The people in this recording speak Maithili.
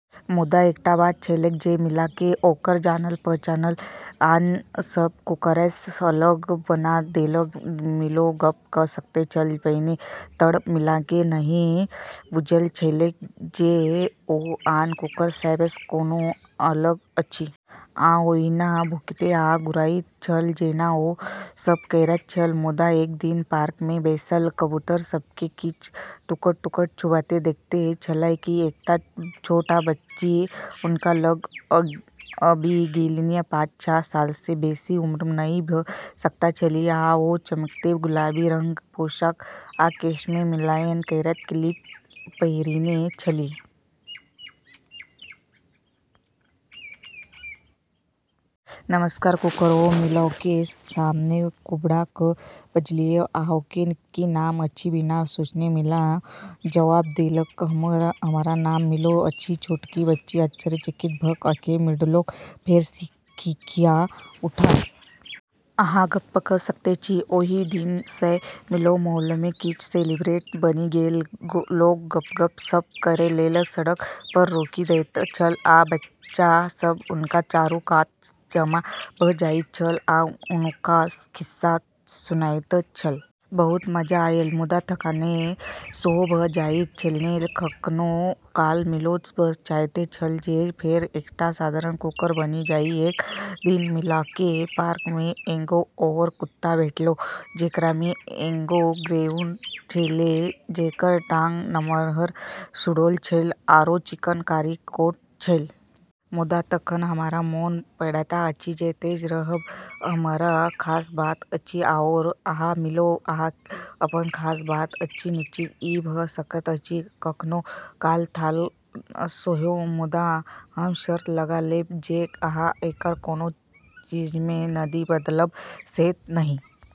मुदा एकटा बात छलैक जे मिलोकेँ ओकर जानल-पहचानल आन सभ कुकुरसँ अलग बना देलक। मिलो गप्प क' सकैत छल। पहिने तऽ मिलोकेँ ई नहि बुझल छलैक जे ओ आन कुकुर सभसँ कोनो अलग अछि। ओ ओहिना भौंकैत आ गुर्राइत छल जेना ओ सभ करैत छल। मुदा एक दिन पार्कमे बैसल कबूतर सभकेँ किछ टुकड़-टुकड़ चुभैत देखैत छलाह, कि एकटा छोट बच्ची हुनका लग आबि गेलनि। पाँच-छह सालसँ बेसी उम्र नहि भ' सकैत छलीह, आ ओ चमकैत गुलाबी रंगक पोशाक आ केशमे मिलान करैत क्लिप पहिरने छलीह। "नमस्कार कुकुर" ओ मिलोके सामने कुबड़ा क' बजलीह। "अहाँके की नाम अछि? " बिना सोचने मिलो जवाब देलक, "हमर नाम मिलो अछि। " छोटकी बच्ची आश्चर्यचकित भ' क' आँखि मिड़ौलक, फेर खिखिआ उठल। "अहाँ गप्प क' सकैत छी! " ओहि दिन सँ मिलो मोहल्लामे किछ सेलिब्रिटी बनि गेल। लोक गप्प-सप्प करै लेल सड़क पर रोकि दैत छल, आ बच्चा सब हुनका चारू कात जमा भ' जाइत छल आ हुनकासँ खिस्सा सुनैत छल। बहुत मजा आयल, मुदा थकान सेहो भ' जाइत छले । कखनो काल मिलो बस चाहैत छल जे फेर एकटा साधारण कुकुर बनि जाइ । एक दिन मिलोके पार्कमे एगो आओर कुत्ता भेटलै, जेकरामे एगो ग्रेहाउंड छेलै, जेकर टांग नम्हर, सुडौल छलै आरो चिकना कारी कोट छलै। मुदा तखन हमरा मोन पड़ैत अछि जे तेज रहब हमर खास बात अछि। आओर अहाँ, मिलो, अहाँक अपन खास बात अछि। निश्चित, ई भ' सकैत अछि. " कखनो काल थकान सेहो, मुदा हम शर्त लगा लेब जे अहाँ एकरा कोनो चीजमे नहि बदलब, से त' नहि?